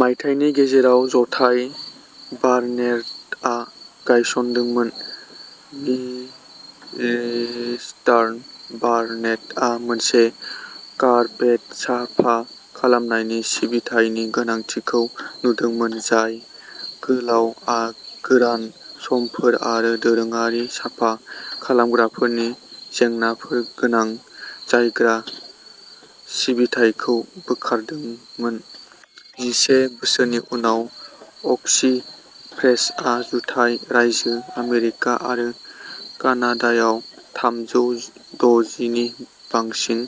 मायथाइनि गेजेराव जथाय बार्नेटआ गायसनदोंमोन। मिस्टार बार्नेटआ मोनसे कारपेट साफा खालामनायनि सिबिथायनि गोनांथिखौ नुदोंमोन, जाय गोलाव गोरान समफोर आरो दोरोङारि साफा खालामग्राफोरनि जेंनाफोरगोनां जायग्रा सिबिथाइखौ बोखारदोंमोन। जिसे बोसोरनि उनाव, अक्सी फ्रेशहा जुथाइ रायजो आमेरिका आरो कानाडायाव थामजौ द'जिनि बांसिन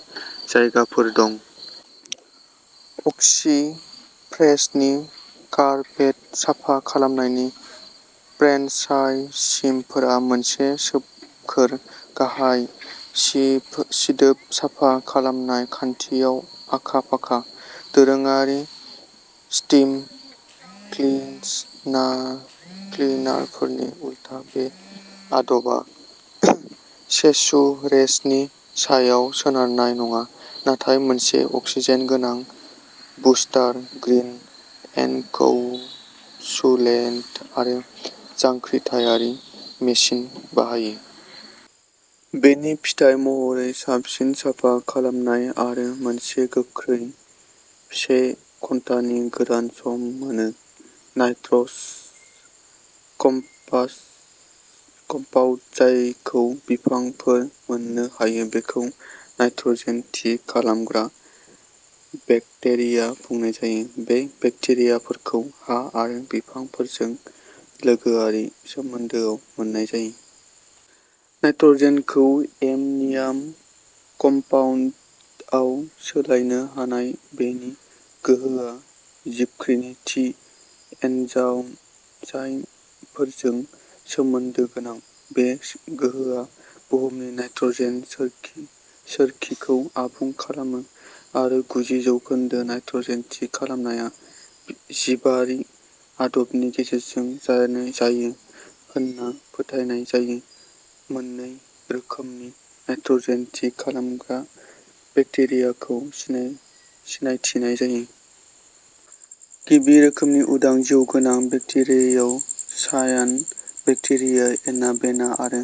जायगाफोर दं। अक्सी फ्रेशनि कारपेट साफा खालामनायनि फ्रेन्चाइजीफोरा मोनसे सोमखोर, गाहाय सिदोब साफा खालामनाय खान्थियाव आखा फाखा। दोरोङारि स्टीम क्लिनारफोरनि उलथा, बे आदबा सेचुरेशननि सायाव सोनारनाय नङा, नाथाय मोनसे अक्सिजेन गोनां बुस्टार, ग्रीन एनकैपसुलेटर आरो जांख्रिथायारि मेसिन बाहायो। बेनि फिथाय महरै साबसिन साफा खालामनाय आरो मोनसे गोख्रै, से घन्टानि गोरान सम मोनो। नाइट्रस कम्पाउन्ड जायखौ बिफांफोर मोननो हायो बेखौ नाइट्रजेन थि खालामग्रा बेक्टेरिया बुंनाय जायो। बे बेक्टेरियाफोरखौ हा आरो बिफांफोरजों लोगोआरि सोमोन्दोआव मोन्नाय जायो। नाइट्रजेनखौ एम'नियाम कम्पाउन्डआव सोलायनो हानाय बेनि गोहोआ जिबख्रिनि थि एन्जाइमफोरजों सोमोन्दो गोनां। बे गोहोआ बुहुमनि नाइट्रजेन सोरखिखौ आबुं खालामो आरो गुजि जौखोन्दो नाइट्रजेन थि खालामनाया जिबारि आदबनि गेजेरजों जानाय जायो होन्ना फोथायनाय जायो। मोननै रोखोमनि नाइट्रजेन थि खालामग्रा बेक्टेरियाखौ सिनायथिनाय जायो। गिबि रोखोमनि उदां जिउगोनां बेक्टेरियायाव सायान बेक्टेरिया एनाबेना आरो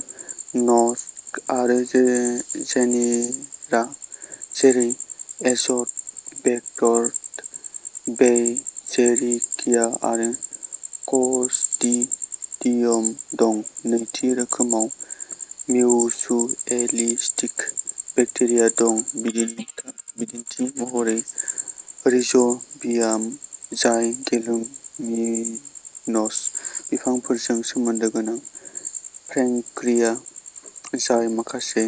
न'स्टक आरो जेनेरा जेरै एज'ट'बेक्टर, बेइजेरिंकिया आरो क्लस्ट्रिडियम दं। नैथि रोखोमाव मिउचुएलिस्टिक बेक्टेरिया दं; बिदिन्थि महरै रिज'बियाम, जाय लेगुमिनस बिफांफोरजों सोमोन्दो गोनां; फ्रेंकिया, जाय माखासे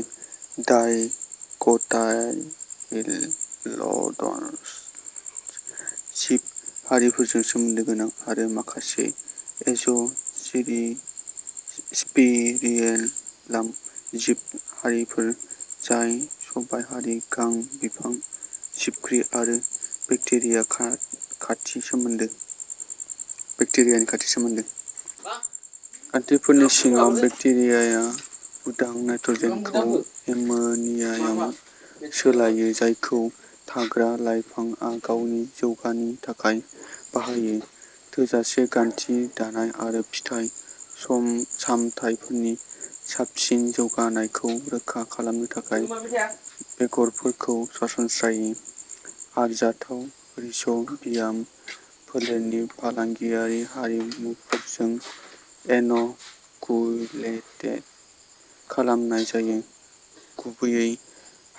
डायकोटाइलडनस जिब हारिफोरजों सोमोन्दो गोनां; आरो माखासे एज'स्पिरिलाम जिब हारिफोर, जाय सबायहारि गां बिफांनि जिबख्रि आरो बेक्टेरियानि खाथि सोमोन्दो। गान्थिफोरनि सिङाव बेक्टेरियाया उदां नाइट्रजेनखौ एमोनियायाव सोलायो, जायखौ थाग्रा लाइफांआ गावनि जौगानायनि थाखाय बाहायो। थोजासे गान्थि दानाय आरो फिथाइ सामथाइफोरनि साबसिन जौगानायखौ रोखा खालामनो थाखाय, बेगरफोरखौ सरासनस्रायै आरजाथाव रिज'बियाम फोलेरनि फालांगियारि हारिमुफोरजों इन'क्युलेटेड खालामनाय जायो, गुबैयै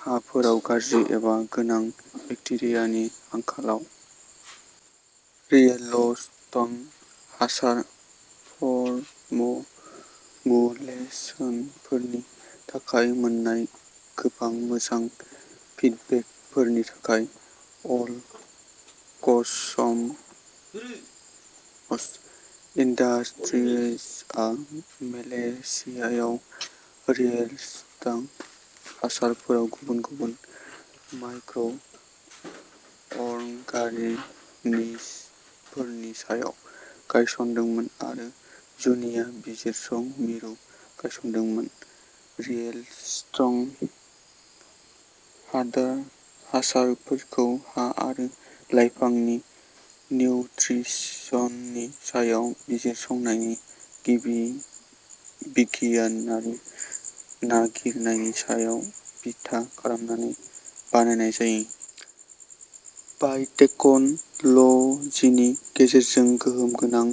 हाफोराव गाज्रि एबा गोनां बेक्टेरियानि आंखालाव। रियेलस्ट्रं हासार फरमुलेसनफोरनि थाखाय मोन्नाय गोबां मोजां फिडबेकफोरनि थाखाय, अल कसमस इन्डास्ट्रिजआ मलेशियायाव रियेलस्ट्रं हासारफोराव गुबुन गुबुन माइक्र' अरगानिजमफोरनि सायाव गायसनदोंमोन आरो जुनिया बिजिरसं मिरु गायसनदोंमोन। रियेलस्ट्रं हासारफोरखौ हा आरो लाइफांनि निउत्रिसननि सायाव बिजिरसंनायनि बिगियानारि नागिरनायनि सायाव बिथा खालामनानै बानायनाय जायो। बाय'टेक्न'लजिनि गेजेरजों, गोहोम गोनां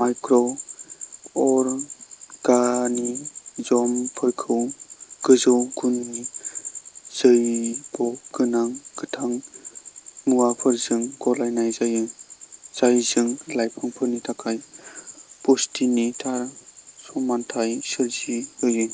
माइक्र'अरगानिजमफोरखौ गोजौ गुननि जैब गोथां मुवाफोरजों गलायनाय जायो, जायजों लाइफांफोरनि थाखाय पुष्टिनि थार समानथाय सोरजिहोयो।